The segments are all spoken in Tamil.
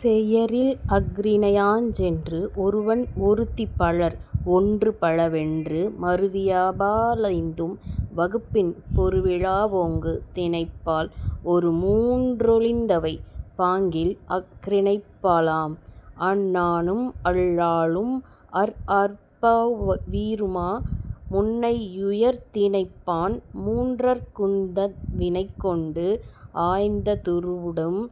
செயிரில் அஃறிணையாஞ் சென்று. ஒருவன் ஒருத்திபலர் ஒன்றுபல வென்று மருவியபா லைந்தும் வகுப்பின் பொருவிலா வோங்கு திணைப்பால் ஒருமூன் றொழிந்தவை பாங்கில் அஃறிணைப்பா லாம். அன்னானும் அள்ளாளும் அர்ஆர்பவ் வீறுமா முன்னை யுயர்திணைப்பான் மூன்றற்குந் தன்வினைகொண்டு ஆய்ந்த துறுடுவும்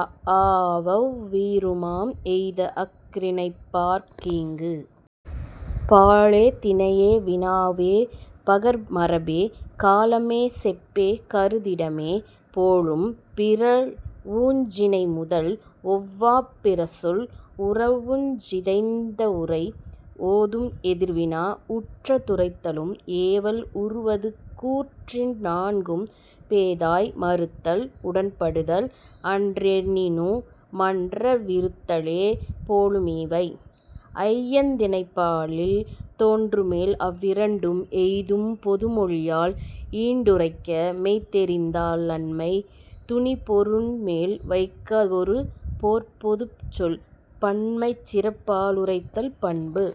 அஆவவ் வீறுமாம் எய்த அஃறிணைப்பாற் கீங்கு. பாலே திணையே வினாவே பகர்மரபே காலமே செப்பே கருதிடமே போலும் பிறழ்வுஞ் சினைமுதல் ஒவ்வாப் பிறசொல் உறழ்வுஞ் சிதைந்த வுரை. ஓதும் எதிர்வினா உற்ற துரைத்தலும் ஏவல் உறுவதுகூற் றிந்நான்கும் பேதாய் மறுத்தல் உடன்படுதல் அன்றெனினு மன்ற விறுத்தலே போலு மிவை. ஐயந் திணைபாலில் தோன்றுமேல் அவ்விரண்டும் எய்தும் பொதுமொழியால் ஈண்டுரைக்க மெய்தெரிந்தா லன்மை துணிபொருண்மேல் வைக்கவொரு போர்ப்பொதுச்சொல் பன்மைசிறப் பாலுரைத்தல் பண்பு.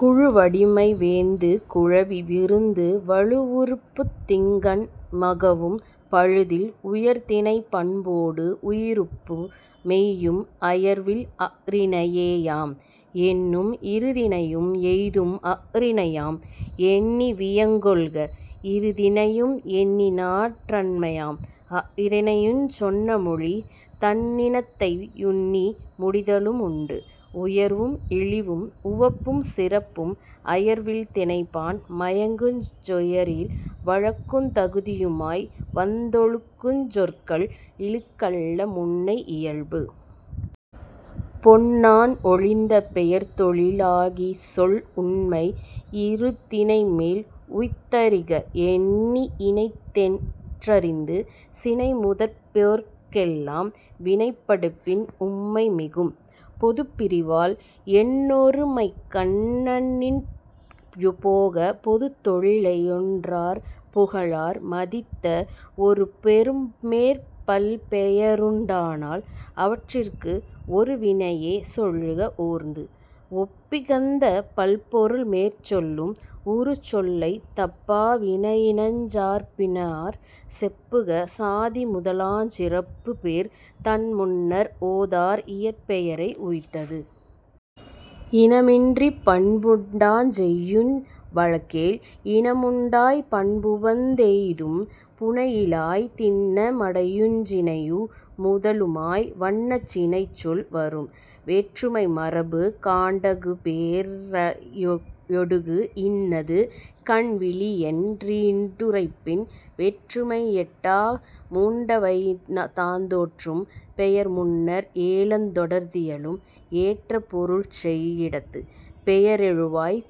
குழுவடிமை வேந்து குழவி விருந்து வழுவுறுப்புத் திங்கண் மகவும் பழுதில் உயர்திணைப் பண்போடு உயிருப்பு மெய்யும் அயர்வில் அஃறிணையே யாம். எண்ணும் இருதிணையும் எய்தும் அஃறிணையாம் எண்ணிவியங் கொள்க இருதிணையும் எண்ணினாற் றன்மையாம் அஃறிணையுஞ் சொன்னமொழி தன்னினத்தை யுன்னி முடித்தலு முண்டு. உயர்வும் இழிவும் உவப்பும் சிறப்பும் அயர்வில் திணைபான் மயங்குஞ் சொயரில் வழக்குந் தகுதியுமாய் வந்தொழுகுஞ் சொற்கள் இழுக்கல்ல முன்னை இயல்பு. பொண்ணான் ஒழிந்த பெயர்தொழி லாகியசொல் உண்மை யிருதிணைமேல் உய்த்தறிக எண்ணி யினைத்தென் றறிந்த சினைமுதற்பேர்க் கெல்லாம் வினைப்படுப்பின் உம்மை மிகும். பொதுபிரிபால் எண்ணொருமைக் கண்ணன்றிப் போக பொதுத்தொழிலை யொன்றாற் புகலார் மதித்த ஒருபொருண்மேற் பல்பெயருண் டானால் அவற்றிற்கு ஒருவினையே சொல்லுக ஓர்ந்து. ஒப்பிகந்த பல்பொருள்மேற் சொல்லும் உருசொல்லைத் தப்பா வினையினஞ் சார்பினாற் செப்புக சாதி முதலாஞ் சிறப்புப்பேர் தன்முன்னர் ஓதார் இயற்பெயரை உய்த்து. இனமின்றிப் பண்புண்டாஞ் செய்யுஞ் வழக்கேல் இனமுண்டாய்ப் பண்புவந் தெய்தும் புனையிழாய் திண்ண மடையுஞ் சினையு முதலுமாய் வண்ணச் சினைசொல் வரும்.. வேற்றுமை மரபு காண்டகுபே ரையொடுகு இன்னது கண்விளியென் றீண்டுரைப்பின் வேற்றுமை யெட்டாகு மூண்டவைதாந் தோற்றும் பெயர்முன்னர் ஏழுந் தொடர்ந்தியலும் ஏற்ற பொருள்செய் யிடத்து. பெயரெழுவாய்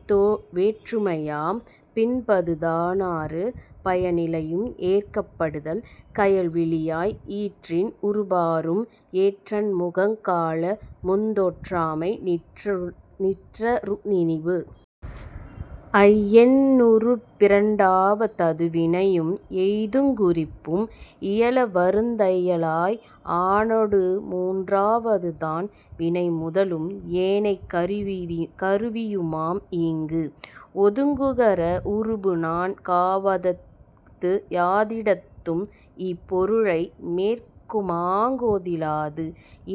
வேற்றுமையாம் பின்பதுதா னாறு பயனிலையும் ஏற்கப் படுதல் கயல்விழியாய் ஈற்றின் உறுபாறும் ஏற்றன்முக் காலமுந் தோற்றாமை நிற்ற றுணிபு. ஐயென் னுருபிரண் டாவ ததுவினையும் எய்துங் குறிப்பும் இயலவருந் தையலாய் ஆனொடு மூன்றா வதுதான் வினைமுதலும் ஏனைக் கருவியுமாம் ஈங்கு. ஓதுங் குகர உருபுநான் காவதஃது யாதிடத்தும் ஈபொருளை யேற்குமாங் கோதிலாது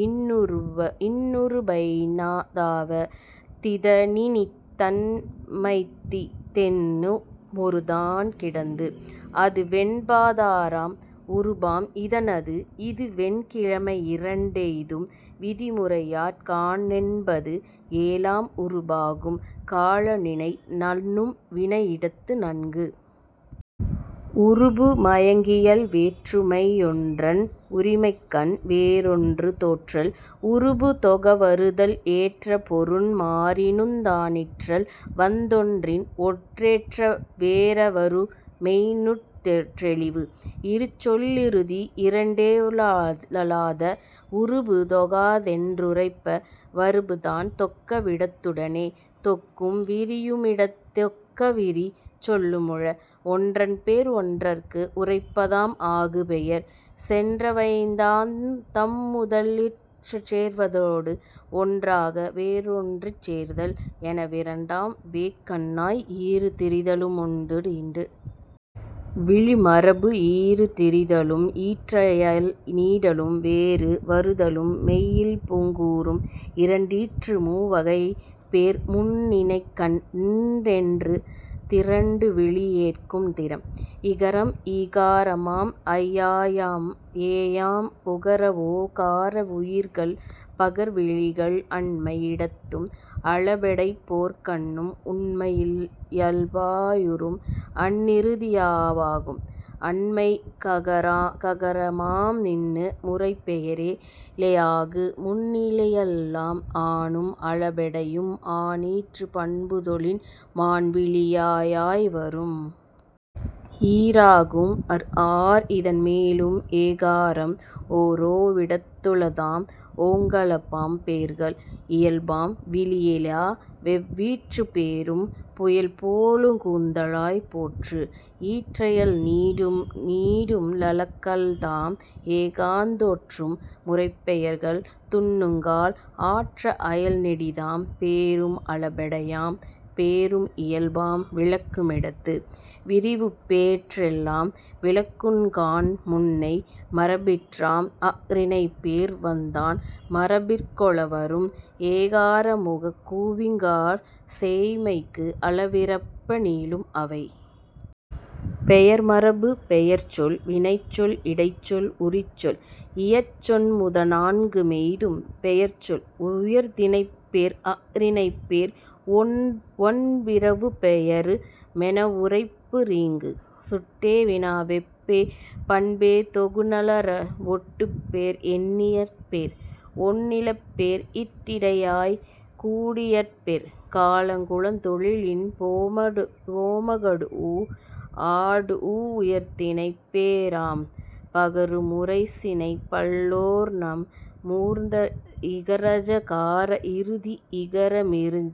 இன்னுருபைந் தாவ திதனினித் தன்மைத்தி தென்னு மொருநான் கிடத்து. அதுவென்ப தாறாம் உருபாம் இதனது இதுவென் கிழமையிரண் டெய்தும் விதிமுறையாற் கண்ணென்பது ஏழாம் உருபாகும் காலநில நண்ணும் வினையிடத்து நன்கு.. உருபு மயங்கியல் வேற்றுமை யொன்றன் உரிமைக்கண் வேறொன்று தோற்றல் உருபு தொகவருதல் ஏற்றபொருண் மாறினுந் தானிற்றல் வந்தொன்றின் ஒன்றேற்ற றேறவரு மெய்ந்நுற் றௌிவு. இருசொல் லிருதி யிரண்டே ழலாத உருபு தொகாதென் றுரைப்ப வருபுதான் தொக்க விடத்துடனே தொக்கும் விரியுமிடத் தொக்கவிரி சொல்லு முள. ஒன்றன்பேர் ஒன்றற்கு உரைப்பதாம் ஆகுபெயர் சென்றவைந்தாந் தம்முதலிற் சேர்தலோடு ஒன்றாத வேறொன்றிற் சேர்தல் எனவிரண்டாம் வேற்கண்ணாய் ஈறு திரிதலுமுண் டீண்டு.. விளி மரபு ஈறு திரிதலும் ஈற்றயல் நீடலும் வேறு வருதலும் மெய்யில்புங் கூறும் இரண்டீற்று மூவகைப்பேர் முன்னிைக்கண் ணென்றுந் திரண்டுவிளி யேற்குந் திறம். இகரம் ஈகாரமாம் ஐஆயாம் ஏயாம் உகரவோ கார வுயிர்கள் பகர்விளிகள் அண்மை யிடத்தும் அளபெடைப் பேர்க்கண்ணும் உண்மை யியல்பா யுறும். அன்னிறுதி யாவாகும் அண்மைக் ககரமாம் மின்னு முறைப்பெயரே லேயாகு முன்னியல்பாம் ஆனும் அளபெடையும் ஆனீற்று பண்புதொழின் மான்விழி யாயாய் வரும். ஈராகும் அர்ஆர் இதன்மேலும் ஏகாரம் ஒரோ விடத்துளதாம் ஓங்களபாம் பேர்கள் இயல்பாம் விளியேலா வெவ்வீற்றுப் பேரும் புயல்போலுங் கூந்தலாய் போற்று. ஈற்றயல் நீடும் லளக்கள்தாம் ஏகாரந் தோற்றும் முறைப்பெயர்கள் துன்னுங்கால் ஆற்ற அயல்நெடிதாம் பேரும் அளபெடையாம் பேரும் இயல்பாம் விளிக்கு மிடத்து. விரவுப்பே ரெல்லாம் விளிக்குங்கான் முன்னை மரபிற்றாம் அஃறிணைபேர் வந்தான் மரபிற் கொளவரும் ஏகாரமுங் கூவிங்காற் சேய்மைக்கு அளவிறப்ப நீளும் அவை.. பெயர் மரபு பெயர்ச்சொல் வினைச்சொல் இடைச்சொல் உரிச்சொல் இயற்சொன் முதனான்கு மெய்தும் பெயர்ச்சொல் உயர்திணைப்பேர் அஃறிணைப்பேர் ஒண்விரவுப் பெயரு மெனவுரைப்ப ரீங்கு. சுட்டே வினாவொப்பே பண்பே தொகுனளர வொட்டுப்பேர் எண்ணியற்பேர் ஒண்ணிலப்பேர் இட்டிடையாய் கூடியற்பெர் காலங் குலந்தொழிலின் போமகடூஉ ஆடூஉ உயர்திணைப்பே ராம். பகரு முறைசினைப் பல்லோர்நம் மூர்ந்த இகரஐ கார இறுதி இகரமிறுஞ்।